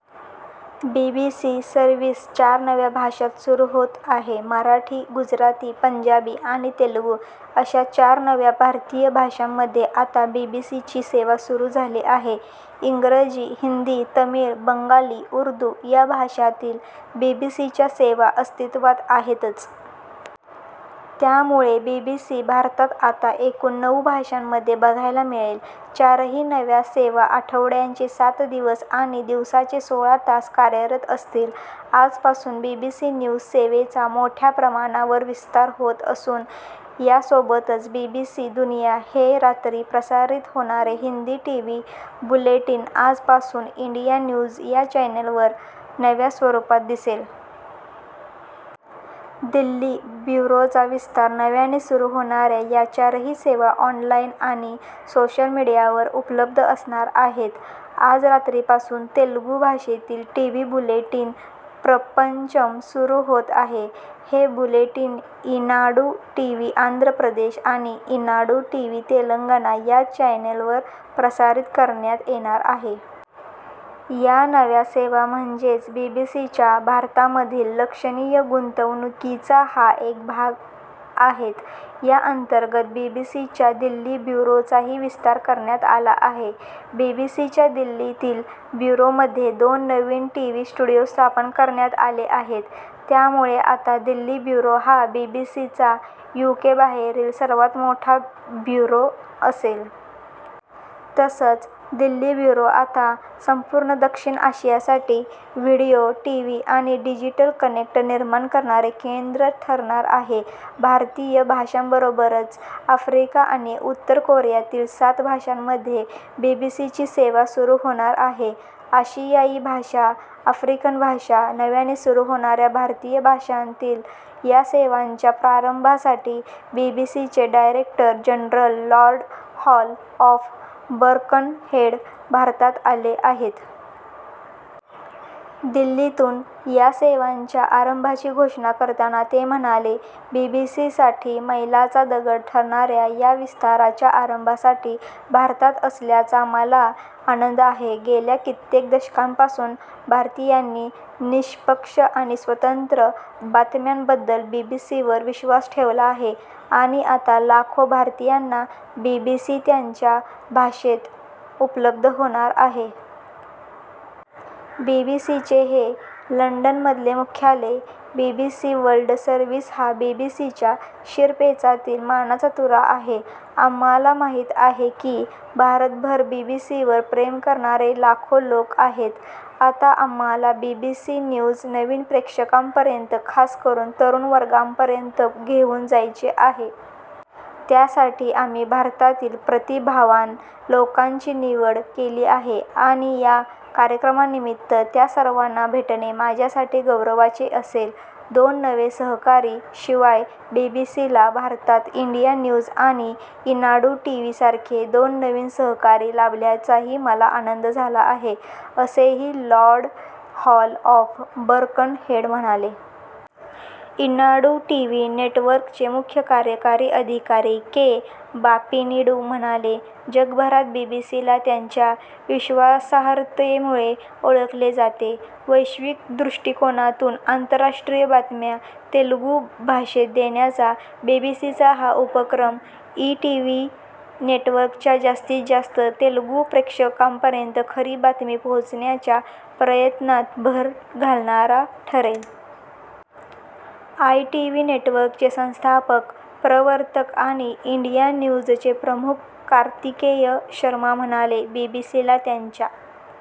BBC service चार नव्या भाषांत सुरू होते आहे. मराठी, गुजराती, पंजाबी आणि तेलुगू अशा चार नव्या भारतीय भाषांमध्ये आता 'बीबीसी'ची सेवा सुरू झाली आहे. इंग्रजी, हिंदी, तमिळ, बंगाली, उर्दू या भाषांतील बीबीसीच्या सेवा अस्तित्वात आहेतच. त्यामुळे बीबीसी भारतात आता एकूण नऊ भाषांमध्ये बघायला मिळेल. चारही नव्या सेवा आठवड्याचे सात दिवस आणि दिवसाचे सोळा तास कार्यरत असतील. आजपासून बीबीसी न्यूज सेवेचा मोठ्या प्रमाणावर विस्तार होत असून यासोबतच 'बीबीसी दुनिया' हे रात्री प्रसारित होणारे हिंदी टीव्ही बुलेटिन आजपासून 'इंडिया न्यूज' या चॅनेलवर नव्या स्वरूपात दिसेल. दिल्ली ब्युरोचा विस्तार नव्याने सुरू होणाऱ्या या चारही सेवा ऑनलाईन आणि सोशल मीडियावर उपलब्ध असणार आहेत. आज रात्रीपासून तेलुगू भाषेतील टीव्ही बुलेटिन 'प्रपंचम' सुरू होत आहे. हे बुलेटिन ईनाडू टीव्ही आंध्र प्रदेश आणि ईनाडू टीव्ही तेलंगणा या चॅनेलवर प्रसारित करण्यात येणार आहे. या नव्या सेवा म्हणजेच 'बीबीसी'च्या भारतामधील लक्षणीय गुंतवणुकीचा हा एक भाग आहेत. या अंतर्गत 'बीबीसी'च्या दिल्ली ब्युरोचाही विस्तार करण्यात आला आहे. बीबीसीच्या दिल्लीतील ब्युरोमध्ये दोन नवीन टीव्ही स्टुडिओ स्थापन करण्यात आले आहेत. त्यामुळे आता दिल्ली ब्युरो हा 'बीबीसी'चा 'यूके'बाहेरील सर्वात मोठा ब्युरो असेल. तसंच दिल्ली ब्युरो आता संपूर्ण दक्षिण आशियासाठी व्हिडिओ, टीव्ही आणि डिजिटल कन्टेन्ट निर्माण करणारे केंद्र ठरणार आहे. भारतीय भाषांबरोबरच आफ्रिका आणि उत्तर कोरियातील सात भाषांमध्ये बीबीसीची सेवा सुरू होणार आहे. आशियाई भाषा, आफ्रिकन भाषा - नव्याने सुरू होणाऱ्या भारतीय भाषांतील या सेवांच्या प्रारंभासाठी 'बीबीसी'चे director general Lord Hall of Birkenhead भारतात आले आहेत. दिल्लीतून या सेवांच्या आरंभाची घोषणा करताना ते म्हणाले, "बीबीसीसाठी मैलाचा दगड ठरणाऱ्या या विस्ताराच्या आरंभासाठी भारतात असल्याचा मला आनंद आहे. गेल्या कित्येक दशकांपासून भारतीयांनी निष्पक्ष आणि स्वतंत्र बातम्यांबद्दल बीबीसीवर विश्वास ठेवला आहे आणि आता लाखो भारतीयांना बीबीसी त्यांच्या भाषेत उपलब्ध होणार आहे." बीबीसीचे हे लंडनमधले मुख्यालय. बीबीसी वर्ल्ड सर्व्हिस हा बीबीसीच्या शिरपेचातील मानाचा तुरा आहे. "आम्हाला माहिती आहे की, भारतभर बीबीसीवर प्रेम करणारे लाखो लोक आहेत. आता आम्हाला बीबीसी न्यूज नवीन प्रेक्षकांपर्यंत खासकरून तरुण वर्गापर्यंत घेऊन जायचे आहे." "त्यासाठी आम्ही भारतातील प्रतिभावान लोकांची निवड केली आहे आणि या कार्यक्रमानिमित्त त्या सर्वांना भेटणे माझ्यासाठी गौरवाचे असेल." दोन नवे सहकारी - शिवाय 'बीबीसी'ला भारतात इंडिया न्यूज आणि ईनाडू टीव्हीसारखे दोन नवीन सहकारी लाभल्याचाही मला आनंद झाला आहे, असेही लॉर्ड हॉल ऑफ बर्कनहेड म्हणाले. ईनाडू टीव्ही नेटवर्कचे मुख्य कार्यकारी अधिकारी के. बापिनीडू म्हणाले, "जगभरात बीबीसीला त्यांच्या विश्वासार्हतेमुळे ओळखले जाते. वैश्विक दृष्टिकोनातून आंतरराष्ट्रीय बातम्या तेलुगू भाषेत देण्याचा बीबीसीचा हा उपक्रम ईटीव्ही नेटवर्कच्या जास्तीत जास्त तेलुगू प्रेक्षकांपर्यंत खरी बातमी पोहोचण्याच्या प्रयत्नांत भर घालणारा ठरेल." आयटीव्ही नेटवर्कचे संस्थापक, प्रवर्तक आणि इंडिया न्यूजचे प्रमुख कार्तिकेय शर्मा म्हणाले, "बीबीसीला त्यांच्या